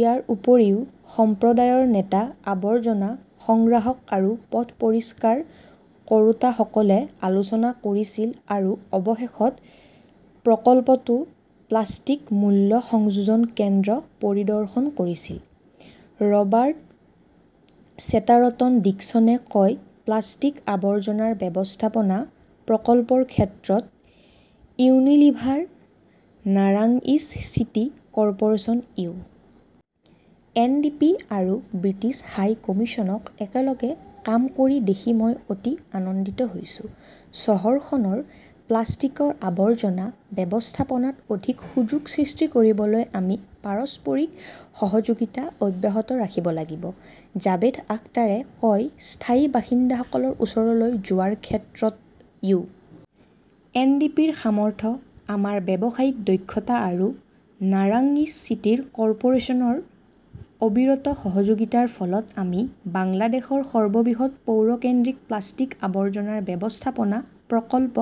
ইয়াৰ উপৰিও, সম্প্ৰদায়ৰ নেতা, আৱৰ্জনা সংগ্ৰাহক আৰু পথ পৰিষ্কাৰ কৰোঁতাসকলে আলোচনা কৰিছিল আৰু অৱশেষত প্ৰকল্পটোৰ প্লাষ্টিক মূল্য সংযোজন কেন্দ্ৰ' পৰিদৰ্শন কৰিছিল। ৰবাৰ্ট চেটাৰটন ডিকছনে কয়, প্লাস্টিক আৱৰ্জনা ব্যৱস্থাপনা প্ৰকল্পৰ ক্ষেত্ৰত ইউনিলিভাৰ, নাৰাংইজ city corporation, U. N. D. P. আৰু ব্ৰিটিছ হাই কমিছনক একেলগে কাম কৰি দেখি মই অতি আনন্দিত হৈছো। চহৰখনৰ প্লাষ্টিকৰ আৱৰ্জনা ব্যৱস্থাপনাত অধিক সুযোগ সৃষ্টি কৰিবলৈ আমি পাৰস্পৰিক সহযোগিতা অব্যাহত ৰাখিব লাগিব। জাভেদ আখতাৰে কয়, স্থায়ি বাসিন্দাসকলৰ ওচৰলৈ যোৱাৰ ক্ষেত্ৰত ইউ. এন. ডি. পি. ৰ সামৰ্থ্য, আমাৰ ব্যৱসায়িক দক্ষতা আৰু নাৰাংইজ চিটি কৰ্পোৰেচনৰ অবিৰত সহযোগিতাৰ ফলত আমি বাংলাদেশৰ সৰ্ববৃহৎ পৌৰ কেন্দ্ৰিক প্লাষ্টিক আৱৰ্জনাৰ ব্যৱস্থাপনা প্ৰকল্প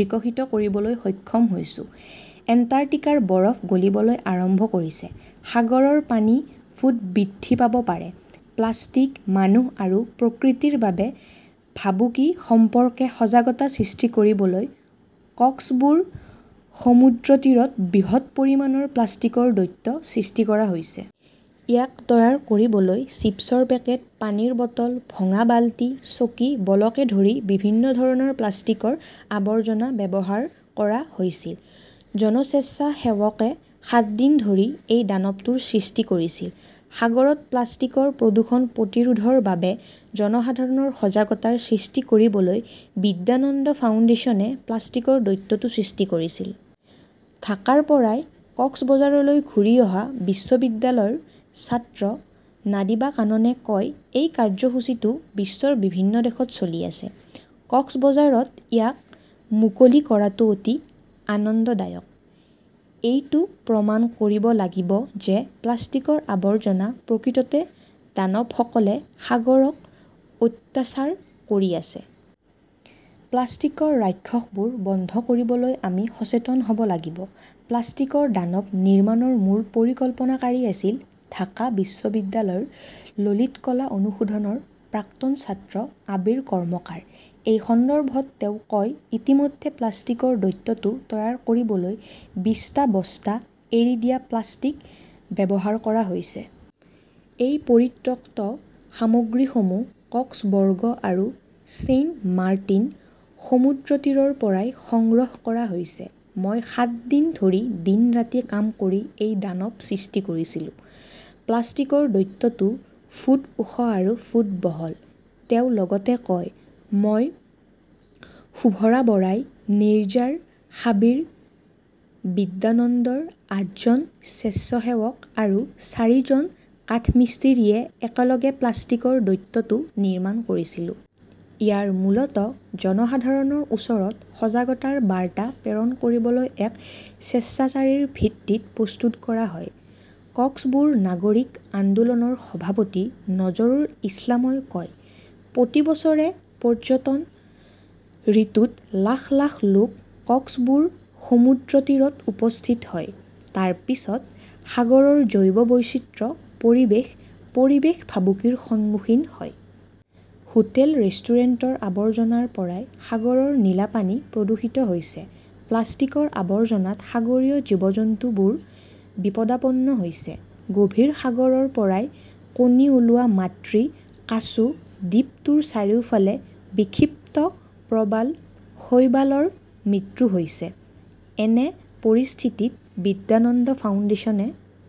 বিকশিত কৰিবলৈ সক্ষম হৈছো। । এণ্টাৰ্কটিকাৰ বৰফ গলিবলৈ আৰম্ভ কৰিছে, সাগৰৰ পানী ফুট বৃদ্ধি পাব পাৰে প্লাষ্টিক মানুহ আৰু প্ৰকৃতিৰ বাবে ভাবুকি সম্পৰ্কে সজাগতা সৃষ্টি কৰিবলৈ কক্সবুৰ সমুদ্ৰতীৰত বৃহৎ পৰিমাণৰ প্লাষ্টিকৰ দৈত্য সৃষ্টি কৰা হৈছে। ইয়াক তৈয়াৰ কৰিবলৈ চিপছৰ পেকেট, পানীৰ বটল, ভঙা বালতি, চকী, বলকে ধৰি বিভিন্ন ধৰণৰ প্লাষ্টিকৰ আৱৰ্জনা ব্যৱহাৰ কৰা হৈছিল। জন স্বেচ্ছাসেৱকে সাত দিন ধৰি এই দানৱটো সৃষ্টি কৰিছিল। সাগৰত প্লাষ্টিকৰ প্ৰদূষণ প্ৰতিৰোধৰ বাবে জনসাধাৰণৰ সজাগতা সৃষ্টি কৰিবলৈ 'বিদ্যানন্দ ফাউণ্ডেশ্যন এ প্লাষ্টিকৰ দৈত্যটো সৃষ্টি কৰিছিল। ঢাকাৰ পৰা কক্সবজাৰলৈ ঘূৰি অহা বিশ্ববিদ্যালয়ৰ ছাত্ৰ নাদিৰা কাননে কয়, এই কাৰ্যসূচীটো বিশ্বৰ বিভিন্ন দেশত চলি আছে। কক্সবজাৰত ইয়াক মুকলি কৰাটো অতি আনন্দদায়ক। এইটো প্ৰমাণ কৰিব লাগিব যে প্লাষ্টিকৰ আৱৰ্জনা প্ৰকৃততে দানৱসকলে সাগৰক অত্যাচাৰ কৰি আছে। প্লাষ্টিকৰ ৰাক্ষসবোৰ বন্ধ কৰিবলৈ আমি সচেতন হ'ব লাগিব। প্লাষ্টিকৰ দানৱ নিৰ্মাণৰ মূল পৰিকল্পনাকাৰী আছিল ঢাকা বিশ্ববিদ্যালয়ৰ ললিত কলা অনুষদৰ প্ৰাক্তন ছাত্ৰ আবিৰ কৰ্মকাৰ। এই সন্দৰ্ভত তেওঁ কয়, ইতিমধ্যে প্লাষ্টিকৰ দৈত্যটো তৈয়াৰ কৰিবলৈ বিশ টা বস্তা এৰি দিয়া প্লাষ্টিক ব্যৱহাৰ কৰা হৈছে। এই পৰিত্যক্ত সামগ্ৰীসমূহ কক্সবৰ্গ আৰু ছেইণ্টমাৰ্টিন সমুদ্ৰতীৰৰ পৰা সংগ্ৰহ কৰা হৈছে। মই সাত দিন ধৰি দিন-ৰাতি কাম কৰি এই দানৱ সৃষ্টি কৰিছিলো। প্লাষ্টিকৰ দৈত্যটো ফুট ওখ আৰু ফুট বহল, তেওঁ লগতে কয়। মই, শুভৰা বৰাই, নিৰ্জাৰ, সাবিৰ, বিদ্যানন্দৰ আঠজন স্বেচ্ছাসেৱক আৰু চাৰিজন কাঠমিস্ত্ৰীয়ে একেলগে প্লাষ্টিকৰ দৈত্যটো নিৰ্মাণ কৰিছিলো। ইয়াৰ মূলতঃ জনসাধাৰণৰ ওচৰত সজাগতাৰ বাৰ্তা প্ৰেৰণ কৰিবলৈ এক স্বেচ্ছাচাৰীৰ ভিত্তিত প্ৰস্তুত কৰা হয়। কক্সবুৰ নাগৰিক আন্দোলনৰ সভাপতি নজৰুল ইছলামই কয়, প্ৰতি বছৰে পৰ্যটন ঋতুত লাখ লাখ লোক কক্সবুৰ সমুদ্ৰতীৰত উপস্থিত হয়। তাৰ পিছত সাগৰৰ জৈৱ বৈচিত্ৰ্য, পৰিৱেশ-পৰিৱেশ ভাবুকিৰ সন্মুখীন হয়। হোটেল-ৰেষ্টুৰেণ্টৰ আৱৰ্জনাৰ পৰা সাগৰৰ নীলা পানী প্ৰদূষিত হৈছে। প্লাষ্টিকৰ আৱৰ্জনাত সাগৰীয় জীৱ-জন্তুবোৰ বিপদাপন্ন হৈছে। গভীৰ সাগৰৰ পৰা কণী ওলোৱা মাতৃ কাছ, দ্বীপটোৰ চাৰিওফালে বিক্ষিপ্ত প্ৰবাল-শৈবালৰ মৃত্যু হৈছে। এনে পৰিস্থিতিত বিদ্যানন্দ ফাউণ্ডেচনে